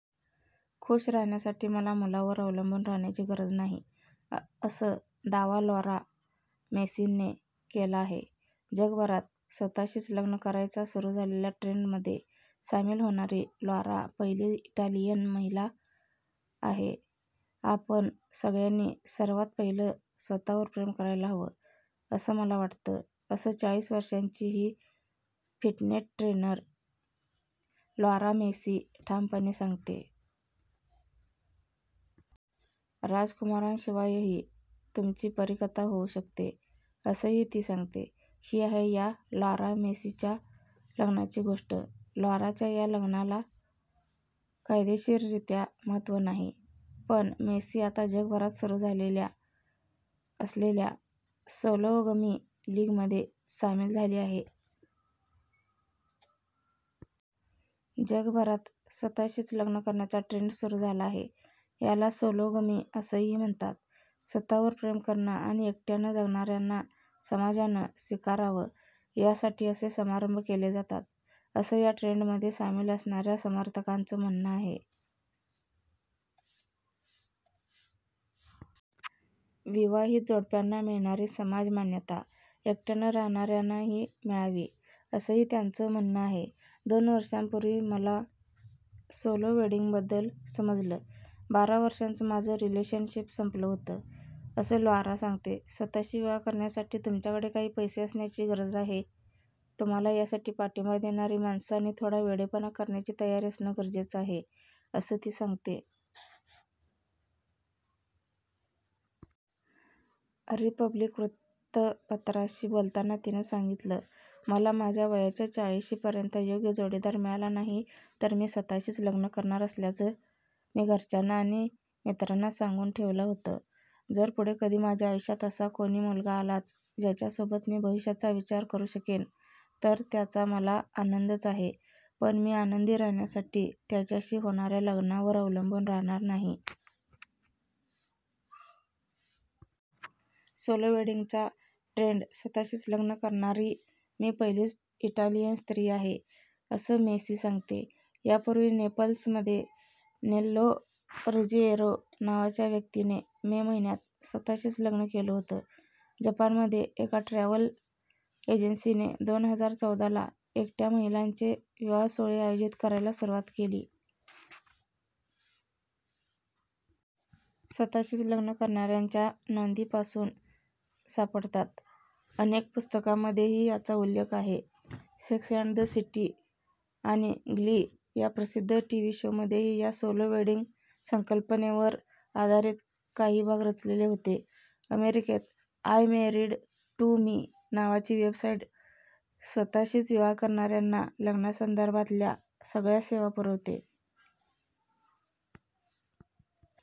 खूश राहण्यासाठी मला मुलावर अवलंबून राहण्याची गरज नाही, असं दावा लॉरा मेसीने केला आहे. जगभरात स्वत:शीच लग्न करायचा सुरू झालेला ट्रेंडमध्ये सामील होणारी लॉरा पहिली इटालीय महिला आहे. आपण सगळ्यांनी सर्वांत पहिलं स्वत:वर प्रेम करायला हवं, असं मला वाटतं, असं चाळीस वर्षांची ही फिटनेट ट्रेनर लॉरा मेसी ठामपणे सांगते. राजकुमारशिवायही तुमची परीकथा होऊ शकते, असंही ती सांगते. ही आहे या लॉरा मेसीच्या लग्नाची गोष्ट. लॉराच्या या लग्नाला कायदेशीररित्या महत्त्व नाही. पण मेसी आता जगभरात सुरू झालेल्या असलेल्या सोलोगमी लीगमध्ये सामील झाली आहे. जगभरात स्वत:शीच लग्न करण्याचा ट्रेंड सुरू झाला आहे. याला सोलोगमी असंही म्हणतात. स्वतःवर प्रेम करणं आणि एकट्यानं जगणाऱ्यांना समाजानं स्वीकारावं यासाठी असे समारंभ केले जातात, असं या ट्रेंडमध्ये सामील असणाऱ्या समर्थकांचं म्हणणं आहे. विवाहित जोडप्यांना मिळणारी समाजमान्यता एकट्यानं राहणाऱ्यांनाही मिळावी, असंही त्यांचं म्हणणं आहे. दोन वर्षांपूर्वी मला सोलो वेडिंगबद्दल समजलं. बारा वर्षांचं माझं रिलेशनशिप संपलं होतं, असं लॉरा सांगते. स्वत:शी विवाह करण्यासाठी, तुमच्याकडे काही पैसे असण्याची गरज आहे, तुम्हाला यासाठी पाठिंबा देणारी माणसं आणि थोडा वेडेपणा करण्याची तयारी असणं गरजेचं आहे, असं ती सांगते. रिपब्लिक वृत्तपत्राशी बोलताना तिनं सांगितलं, मला माझ्या वयाच्या चाळिशीपर्यंत योग्य जोडीदार मिळाला नाही तर मी स्वतःशीच लग्न करणार असल्याचं मी घरच्यांना आणि मित्रांना सांगून ठेवलं होतं. जर पुढे कधी माझ्या आयुष्यात असा कोणी मुलगा आलाच ज्याच्यासोबत मी भविष्याचा विचार करू शकेन, तर त्याचा मला आनंदच आहे, पण मी आनंदी राहण्यासाठी त्याच्याशी होणाऱ्या लग्नावर अवलंबून राहणार नाही. सोलो वेडिंगचा ट्रेंड स्वत:शीच लग्न करणारी मी पहिलीच इटालियन स्त्री आहे, असं मेसी सांगते. यापूर्वी नेपल्समध्ये नेल्लो रुजिएरो नावाच्या व्यक्तीने मे महिन्यात स्वत:शीच लग्न केलं होतं. जपानमध्ये, एका ट्रॅव्हल एजन्सीने दोन हजार चौदाला एकट्या महिलांचे विवाह सोहळे आयोजित करायला सुरुवात केली. स्वतःशीच लग्न करणाऱ्यांच्या नोंदी पासून सापडतात. अनेक पुस्तकांमध्येही याचा उल्लेख आहे. सेक्स अँड द सिटी आणि ग्ली या प्रसिद्ध टीव्ही शोमध्येही या सोलो वेडिंग संकल्पनेवर आधारित काही भाग रचलेले होते. अमेरिकेत, आय मॅरीड टू मी नावाची वेबसाईट स्वत:शीच विवाह करणाऱ्यांना लग्नासंदर्भातल्या सगळ्या सेवा पुरवते.